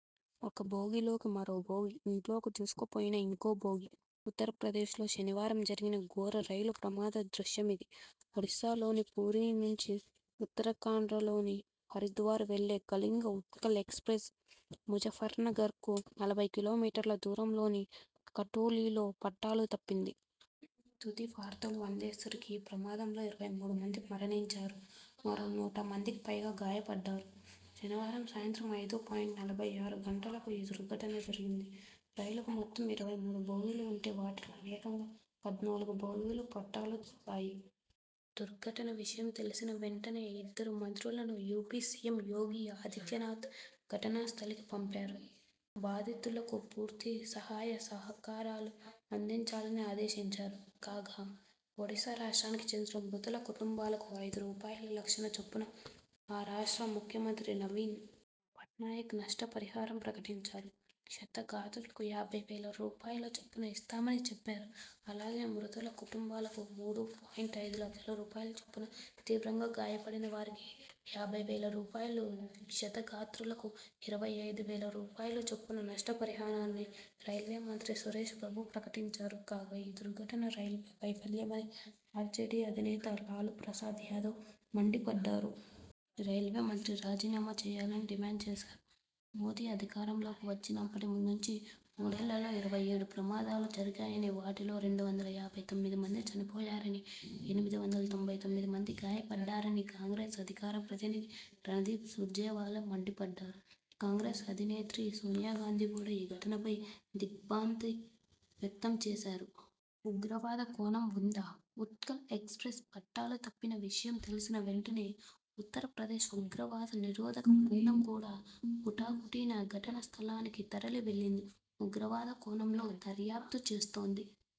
ఒక బోగీ లోకి మరో బోగీ! ఇంట్లోకి దూసుకుపోయిన ఇంకో బోగీ! ఉత్తరప్రదేశ్లో శనివారం జరిగిన ఘోర రైలు ప్రమాద దృశ్యమిది. ఒడిసా లోని పూరీ నుంచి ఉత్తరాఖండ్లోని హరిద్వార్ వెళ్లే కళింగ ఉత్కళ్ ఎక్స్ ప్రెస్ ముజఫర్నగర్కు నలభై కిలోమీటర్ల దూరంలోని కటౌలీలో పట్టాలు తప్పింది. తుది వార్తలు అందేసరికి ఈ ప్రమాదంలో ఇరవై మూడు మంది మరణించారు. మరో నూట మందికిపైగా గాయపడ్డారు. శనివారం సాయంత్రం ఐదు పాయింట్ నలభై ఆరు గంటలకు ఈ దుర్ఘటన జరిగింది. రైలుకు మొత్తం ఇరవై మూడు బోగీలు ఉంటే వాటిలో ఏకంగా పద్నాలుగు బోగీలు పట్టాలు తప్పాయి. దుర్ఘటన విషయం తెలిసిన వెంటనే ఇద్దరు మంత్రులను యూపీ సీఎం యోగి ఆదిత్యనాథ్ ఘటనా స్థలికి పంపారు. బాధితులకు పూర్తి సహాయ సహకారాలు అందించాలని ఆదేశించారు. కాగా, ఒడిసా రాష్ట్రానికి చెందిన మృతుల కుటుంబాలకు ఐదు రూపాయల లక్షల చొప్పున ఆ రాష్ట్ర ముఖ్యమంత్రి నవీన్ పట్నాయక్ నష్ట పరిహారం ప్రకటించారు క్షతగాత్రులకు యాభై వేల రూపాయల చొప్పున ఇస్తామని చెప్పారు అలాగే, మృతుల కుటుంబాలకు మూడు పాయింట్ ఐదు లక్షల రూపాయల చొప్పున తీవ్రంగా గాయపడిన వారికి యాభై వేల రూపాయలు క్షతగాత్రులకు ఇరవై ఐదు వేల రూపాయలు చొప్పున నష్ట పరిహారాన్ని రైల్వే మంత్రి సురేశ్ ప్రభు ప్రకటించారు కాగా, ఈ దుర్ఘటన రైల్వే వైఫల్యమని ఆర్జేడీ అధినేత లాలు ప్రసాద్ యాదవ్ మండి పడ్డారు. రైల్వే మంత్రి రాజీనామా చేయాలని డిమాండ్ చేశారు. మోదీ అధికారంలోకి వచ్చినప్పటి నుంచీ మూడేళ్లలో ఇరవై ఏడు ప్రమాదాలు జరిగాయని, వాటిలో రెండు వందల యాభై తొమ్మిది మంది చనిపోయారని, ఎనిమిది వందల తొంభై తొమ్మిది మంది గాయపడ్డారని కాంగ్రెస్ అధికార ప్రతినిధి రణదీప్ సూర్జేవాలా మండిపడ్డారు కాంగ్రెస్ అధినేత్రి సోనియా గాంధీ కూడా ఈ ఘటనపై దిగ్ర్భాంతి వ్యక్తం చేశారు. ఉగ్రవాద కోణం ఉందా? ఉత్కళ్ ఎక్స్ ప్రెస్ పట్టాలు తప్పిన విషయం తెలిసిన వెంటనే ఉత్తరప్రదేశ్ ఉగ్రవాద నిరోధక బృందం కూడా హుటాహుటిన ఘటనా స్థలానికి తరలి వెళ్లింది. ఉగ్రవాద కోణంలో దర్యాప్తు చేస్తోంది.